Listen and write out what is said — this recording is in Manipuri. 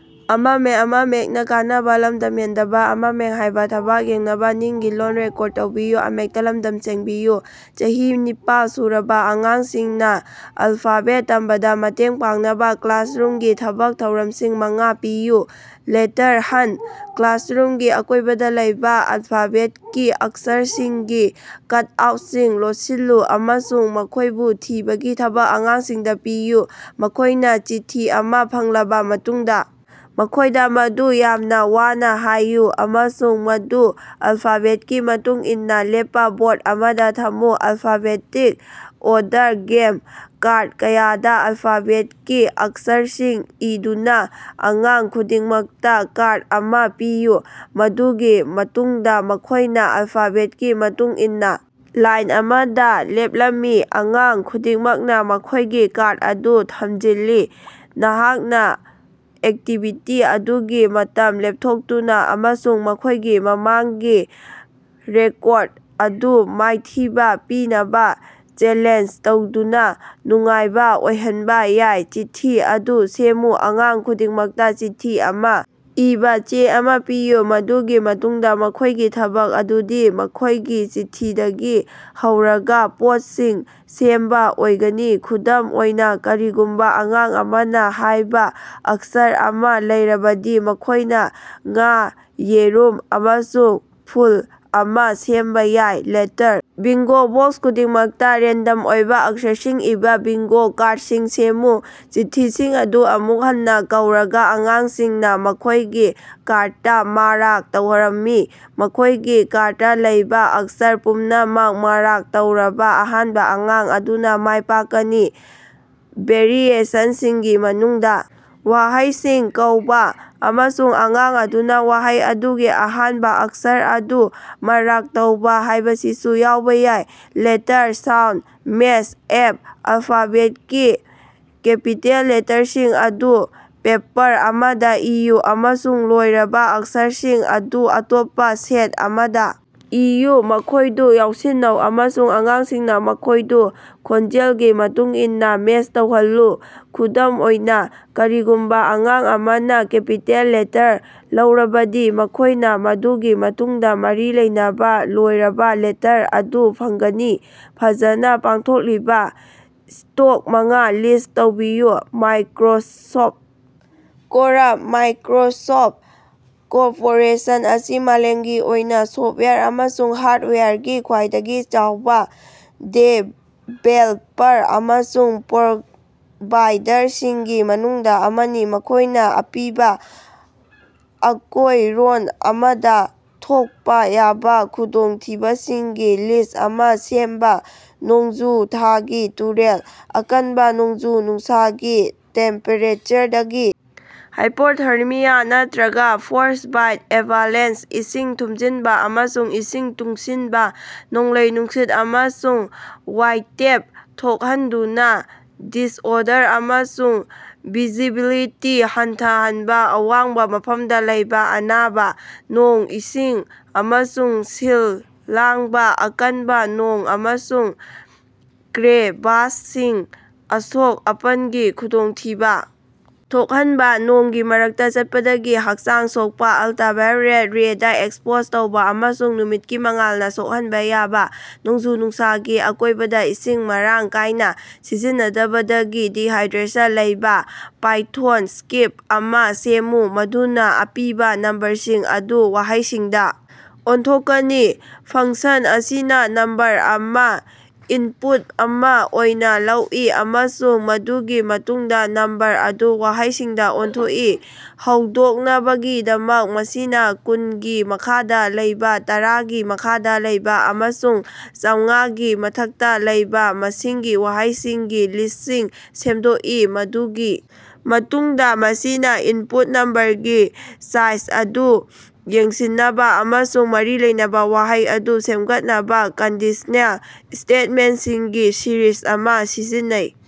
ꯆꯍꯤ ꯅꯤꯄꯥꯟ ꯁꯨꯔꯕꯥ ꯑꯉꯥꯡꯁꯤꯡꯅ ꯑꯜꯐꯥꯕꯦꯠ ꯇꯝꯕꯗ ꯃꯇꯦꯡ ꯄꯥꯡꯅꯕ ꯀ꯭ꯂꯥꯁꯔꯨꯝꯒꯤ ꯊꯕꯛ ꯊꯧꯔꯝꯁꯤꯡ ꯃꯉꯥ ꯄꯤꯌꯨ꯫ ꯂꯦꯇꯔ ꯍꯟꯇ: ꯀ꯭ꯂꯥꯁꯔꯨꯝꯒꯤ ꯑꯀꯣꯏꯕꯗ ꯂꯩꯕ ꯑꯜꯐꯥꯕꯦꯠꯀꯤ ꯑꯛꯁꯔꯁꯤꯡꯒꯤ ꯀꯠꯑꯥꯎꯠꯁꯤꯡ ꯂꯣꯠꯁꯤꯜꯂꯨ ꯑꯃꯁꯨꯡ ꯃꯈꯣꯏꯕꯨ ꯊꯤꯕꯒꯤ ꯊꯕꯛ ꯑꯉꯥꯡꯁꯤꯡꯗ ꯄꯤꯌꯨ꯫ ꯃꯈꯣꯏꯅꯥ ꯆꯤꯊꯤ ꯑꯃꯥ ꯐꯪꯂꯕ ꯃꯇꯨꯡꯗ, ꯃꯈꯣꯏꯗ ꯃꯗꯨ ꯌꯥꯝꯅ ꯋꯥꯅ ꯍꯥꯏꯌꯨ ꯑꯃꯁꯨꯡ ꯃꯗꯨ ꯑꯜꯐꯥꯕꯦꯠꯀꯤ ꯃꯇꯨꯡ ꯏꯟꯅꯥ ꯂꯦꯞꯄꯥ ꯕꯣꯔꯗ ꯑꯃꯗ ꯊꯝꯃꯨ꯫ ꯑꯜꯐꯥꯕꯦꯇꯤꯛ ꯑꯣꯔꯗꯔ ꯒꯦꯝ: ꯀꯥꯔꯗ ꯀꯌꯥꯗ ꯑꯜꯐꯥꯕꯦꯠꯀꯤ ꯑꯛꯁꯔꯁꯤꯡ ꯏꯗꯨꯅ ꯑꯉꯥꯡ ꯈꯨꯗꯤꯡꯃꯛꯇ ꯀꯥꯔꯗ ꯑꯃꯥ ꯄꯤꯌꯨ꯫ ꯃꯗꯨꯒꯤ ꯃꯇꯨꯡꯗꯥ ꯃꯈꯣꯏꯅꯥ ꯑꯜꯐꯥꯕꯦꯠꯀꯤ ꯃꯇꯨꯡ ꯏꯟꯅꯥ ꯂꯥꯏꯟ ꯑꯃꯗ ꯂꯦꯞꯂꯝꯃꯤ, ꯑꯉꯥꯡ ꯈꯨꯗꯤꯡꯃꯛꯅ ꯃꯈꯣꯏꯒꯤ ꯀꯥꯔꯗ ꯑꯗꯨ ꯊꯝꯖꯤꯜꯂꯤ꯫ ꯅꯍꯥꯛꯅꯥ ꯑꯦꯛꯇꯤꯕꯤꯇꯤ ꯑꯗꯨꯒꯤ ꯃꯇꯝ ꯂꯦꯞꯊꯣꯛꯇꯨꯅ ꯑꯃꯁꯨꯡ ꯃꯈꯣꯏꯒꯤ ꯃꯃꯥꯡꯒꯤ ꯔꯦꯀꯣꯔꯗ ꯑꯗꯨ ꯃꯥꯏꯊꯤꯕ ꯄꯤꯅꯕꯥ ꯆꯦꯂꯦꯟꯖ ꯇꯧꯗꯨꯅ ꯅꯨꯡꯉꯥꯏꯕ ꯑꯣꯏꯍꯟꯕ ꯌꯥꯏ꯫ ꯆꯤꯊꯤ ꯑꯗꯨ ꯁꯦꯝꯃꯨ: ꯑꯉꯥꯡ ꯈꯨꯗꯤꯡꯃꯛꯇ ꯆꯤꯊꯤ ꯑꯃꯥ ꯏꯕꯥ ꯆꯦ ꯑꯃꯥ ꯄꯤꯌꯨ꯫ ꯃꯗꯨꯒꯤ ꯃꯇꯨꯡꯗ ꯃꯈꯣꯏꯒꯤ ꯊꯕꯛ ꯑꯗꯨꯗꯤ ꯃꯈꯣꯏꯒꯤ ꯆꯤꯊꯤꯗꯒꯤ ꯍꯧꯔꯒ ꯄꯣꯠꯁꯤꯡ ꯁꯦꯝꯕ ꯑꯣꯏꯒꯅꯤ꯫ ꯈꯨꯗꯝ ꯑꯣꯏꯅ, ꯀꯔꯤꯒꯨꯝꯕ ꯑꯉꯥꯡ ꯑꯃꯅ ꯍꯥꯏꯕ ꯑꯛꯁꯔ ꯑꯃꯥ ꯂꯩꯔꯕꯗꯤ ꯃꯈꯣꯏꯅ ꯉꯥ, ꯌꯦꯔꯨꯝ ꯑꯃꯁꯨꯡ ꯐꯨꯜ ꯑꯃꯥ ꯁꯦꯝꯕꯥ ꯌꯥꯏ꯫ ꯂꯦꯇꯔ ꯕꯤꯡꯒꯣ: ꯕꯣꯛꯁ ꯈꯨꯗꯤꯡꯃꯛꯇ ꯔꯦꯟꯗꯝ ꯑꯣꯏꯕ ꯑꯛꯁꯔꯁꯤꯡ ꯏꯕꯥ ꯕꯤꯡꯒꯣ ꯀꯥꯔꯗꯁꯤꯡ ꯁꯦꯝꯃꯨ꯫ ꯆꯤꯊꯤꯁꯤꯡ ꯑꯗꯨ ꯑꯃꯨꯛ ꯍꯟꯅ ꯀꯧꯔꯒ ꯑꯉꯥꯡꯁꯤꯡꯅ ꯃꯈꯣꯏꯒꯤ ꯀꯥꯔꯗꯇꯥ ꯃꯥꯔꯛ ꯇꯧꯔꯝꯃꯤ꯫ ꯃꯈꯣꯏꯒꯤ ꯀꯥꯔꯗꯇꯥ ꯂꯩꯕ ꯑꯛꯁꯔ ꯄꯨꯝꯅꯃꯛ ꯃꯥꯔꯛ ꯇꯧꯕ ꯑꯍꯥꯟꯕ ꯑꯉꯥꯡ ꯑꯗꯨꯅ ꯃꯥꯏꯄꯥꯛꯀꯅꯤ꯫ ꯚꯦꯔꯤꯑꯦꯁꯟꯁꯤꯡꯒꯤ ꯃꯅꯨꯡꯗ ꯋꯥꯍꯩꯁꯤꯡ ꯀꯧꯕ, ꯑꯃꯁꯨꯡ ꯑꯉꯥꯡ ꯑꯗꯨꯅ ꯋꯥꯍꯩ ꯑꯗꯨꯒꯤ ꯑꯍꯥꯟꯕ ꯑꯛꯁꯔ ꯑꯗꯨ ꯃꯥꯔꯛ ꯇꯧꯕ ꯍꯥꯏꯕꯁꯤꯁꯨ ꯌꯥꯎꯕ ꯌꯥꯏ꯫ ꯂꯦꯇꯔ ꯁꯥꯎꯟꯗ ꯃꯦꯆ ꯑꯞ: ꯑꯜꯐꯥꯕꯦꯠꯀꯤ ꯀꯦꯄꯤꯇꯦꯜ ꯂꯦꯇꯔꯁꯤꯡ ꯑꯗꯨ ꯄꯦꯄꯔ ꯑꯃꯗꯥ ꯏꯌꯨ, ꯑꯃꯁꯨꯡ ꯂꯣꯏꯔꯕ ꯑꯛꯁꯔꯁꯤꯡ ꯑꯗꯨ ꯑꯇꯣꯞꯄ ꯁꯦꯠ ꯑꯃꯗꯥ ꯏꯌꯨ꯫ ꯃꯈꯣꯏꯗꯨ ꯌꯥꯟꯁꯤꯟꯅꯧ ꯑꯃꯁꯨꯡ ꯑꯉꯥꯡꯁꯤꯡꯅ ꯃꯈꯣꯏꯗꯨ ꯈꯣꯟꯖꯦꯜꯒꯤ ꯃꯇꯨꯡꯏꯟꯅ ꯃꯦꯆ ꯇꯧꯍꯜꯂꯨ꯫ ꯈꯨꯗꯝ ꯑꯣꯏꯅ, ꯀꯔꯤꯒꯨꯝꯕ ꯑꯉꯥꯡ ꯑꯃꯅ ꯀꯦꯄꯤꯇꯦꯜ ꯂꯦꯇꯔ ꯂꯧꯔꯕꯗꯤ, ꯃꯈꯣꯏꯅꯥ ꯃꯗꯨꯒꯤ ꯃꯇꯨꯡꯗ ꯃꯔꯤ ꯂꯩꯅꯕ ꯂꯣꯏꯔꯕ ꯂꯦꯇꯔ ꯑꯗꯨ ꯐꯪꯒꯅꯤ꯫ ꯐꯖꯅꯥ ꯄꯥꯡꯊꯣꯛꯂꯤꯕ ꯁ꯭ꯇꯣꯛ ꯃꯉꯥ ꯂꯤꯁ꯭ꯠ ꯇꯧꯕꯤꯌꯨ꯫ꯃꯥꯏꯀꯔꯣꯁꯣꯐ ꯀꯣꯔꯞ: ꯃꯥꯏꯀꯔꯣꯁꯣꯐ ꯀꯣꯔꯄꯣꯔꯦꯁꯟ ꯑꯁꯤ ꯃꯥꯂꯦꯝꯒꯤ ꯑꯣꯏꯅ ꯁꯣꯐꯋꯥꯌꯔ ꯑꯃꯁꯨꯡ ꯍꯥꯔꯗꯋꯥꯌꯔꯒꯤ ꯈ꯭ꯋꯥꯏꯗꯒꯤ ꯆꯥꯎꯕ ꯗꯤꯚꯦꯜꯄꯔ ꯑꯃꯁꯨꯡ ꯄ꯭ꯔꯣꯚꯥꯏꯗꯔꯁꯤꯡꯒꯤ ꯃꯅꯨꯡꯗ ꯑꯃꯅꯤ꯫ ꯃꯈꯣꯏꯅꯥ ꯑꯄꯤꯕꯥ ꯑꯀꯣꯏꯔꯣꯟ ꯑꯃꯗ ꯊꯣꯛꯄꯥ ꯌꯥꯕ ꯈꯨꯗꯣꯡꯊꯤꯕꯁꯤꯡꯒꯤ ꯂꯤꯁ꯭ꯠ ꯑꯃꯥ ꯁꯦꯝꯕꯥ꯫ ꯅꯣꯡꯖꯨ ꯊꯥꯒꯤ ꯇꯨꯔꯦꯜ꯫ ꯑꯀꯟꯕꯥ ꯅꯣꯡꯖꯨ ꯅꯨꯡꯁꯥꯒꯤ ꯇꯦꯝꯄꯦꯔꯦꯆꯔꯗꯒꯤ ꯍꯥꯏꯄꯣꯊꯥꯔꯃꯤꯌꯥ ꯅꯠꯇꯔꯒ ꯐ꯭ꯔꯣꯁ꯭ꯇꯕꯥꯏꯠ ꯑꯦꯚꯥꯂꯦꯟꯁ ꯏꯁꯤꯡ ꯊꯨꯝꯖꯤꯟꯕꯥ ꯑꯃꯁꯨꯡ ꯏꯁꯤꯡ ꯇꯨꯡꯁꯤꯟꯕ ꯅꯣꯡꯂꯩ ꯅꯨꯡꯁꯤꯠ ꯑꯃꯁꯨꯡ ꯋꯥꯏꯇꯦꯞ ꯊꯣꯛꯍꯟꯗꯨꯅ ꯗꯤꯁꯑꯣꯔꯗꯔ ꯑꯃꯁꯨꯡ ꯚꯤꯖꯤꯕꯤꯂꯤꯇꯤ ꯍꯟꯊꯍꯟꯕ ꯑꯋꯥꯡꯕ ꯃꯐꯝꯗ ꯂꯩꯕ ꯑꯅꯥꯕ ꯅꯣꯡ, ꯏꯁꯤꯡ, ꯑꯃꯁꯨꯡ ꯁꯤꯜ ꯂꯥꯡꯕ ꯑꯀꯟꯕꯥ ꯅꯣꯡ ꯑꯃꯁꯨꯡ ꯀ꯭ꯔꯦꯚꯥꯁꯁꯤꯡ꯫ ꯑꯁꯣꯛ-ꯑꯄꯟꯒꯤ ꯈꯨꯗꯣꯡꯊꯤꯕ ꯊꯣꯛꯍꯟꯕꯥ ꯅꯣꯡꯒꯤ ꯃꯔꯛꯇ ꯆꯠꯄꯗꯒꯤ ꯍꯛꯆꯥꯡ ꯁꯣꯛꯄꯥ ꯑꯜꯇꯔꯥꯚꯥꯏꯑꯣꯂꯦꯠ ꯔꯦꯗꯥ ꯑꯦꯛꯁꯄꯣꯖ ꯇꯧꯕꯥ ꯑꯃꯁꯨꯡ ꯅꯨꯃꯤꯠꯀꯤ ꯃꯉꯥꯜꯅ ꯁꯣꯛꯍꯟꯕ ꯌꯥꯕ ꯅꯣꯡꯖꯨ ꯅꯨꯡꯁꯥꯒꯤ ꯑꯀꯣꯏꯕꯗ ꯏꯁꯤꯡ ꯃꯔꯥꯡ ꯀꯥꯏꯅ ꯁꯤꯖꯤꯟꯅꯗꯕꯗꯒꯤ ꯗꯤꯍꯥꯏꯗ꯭ꯔꯦꯁꯟ ꯂꯩꯕꯥ꯫ ꯄꯥꯏꯊꯣꯟꯗ ꯁ꯭ꯀꯔꯤꯞ ꯑꯃꯥ ꯁꯦꯝꯃꯨ ꯃꯗꯨꯅ ꯑꯄꯤꯕ ꯅꯝꯕꯔꯁꯤꯡ ꯑꯗꯨ ꯋꯥꯍꯩꯁꯤꯡꯗ ꯑꯣꯟꯊꯣꯛꯀꯅꯤ꯫ ꯐꯪꯁꯟ ꯑꯁꯤꯅ ꯅꯝꯕꯔ ꯑꯃꯥ ꯏꯟꯄꯨꯠ ꯑꯃꯥ ꯑꯣꯏꯅ ꯂꯧꯏ, ꯑꯃꯁꯨꯡ ꯃꯗꯨꯒꯤ ꯃꯇꯨꯡꯗ ꯅꯝꯕꯔ ꯑꯗꯨ ꯋꯥꯍꯩꯁꯤꯡꯗ ꯑꯣꯟꯊꯣꯛꯏ꯫ ꯍꯧꯗꯣꯛꯅꯕꯒꯤꯗꯃꯛ, ꯃꯁꯤꯅꯥ ꯀꯨꯟꯒꯤ ꯃꯈꯥꯗ ꯂꯩꯕꯥ, ꯇꯔꯥꯒꯤ ꯃꯈꯥꯗ ꯂꯩꯕꯥ, ꯑꯃꯁꯨꯡ ꯆꯥꯝꯉꯥꯒꯤ ꯃꯊꯛꯇ ꯂꯩꯕꯥ ꯃꯁꯤꯡꯒꯤ ꯋꯥꯍꯩꯁꯤꯡꯒꯤ ꯂꯤꯁ꯭ꯠꯁꯤꯡ ꯁꯦꯝꯗꯣꯛꯏ, ꯃꯗꯨꯒꯤ ꯃꯇꯨꯡꯗ ꯃꯁꯤꯅꯥ ꯏꯟꯄꯨꯠ ꯅꯝꯕꯔꯒꯤ ꯁꯥꯏꯖ ꯑꯗꯨ ꯌꯦꯡꯁꯤꯟꯅꯕꯥ ꯑꯃꯁꯨꯡ ꯃꯔꯤ ꯂꯩꯅꯕ ꯋꯥꯍꯩ ꯑꯗꯨ ꯁꯦꯝꯒꯠꯅꯕꯥ ꯀꯟꯗꯤꯁꯅꯦꯜ ꯁ꯭ꯇꯦꯠꯃꯦꯟꯠꯁꯤꯡꯒꯤ ꯁꯤꯔꯤꯖ ꯑꯃꯥ ꯁꯤꯖꯤꯟꯅꯩ꯫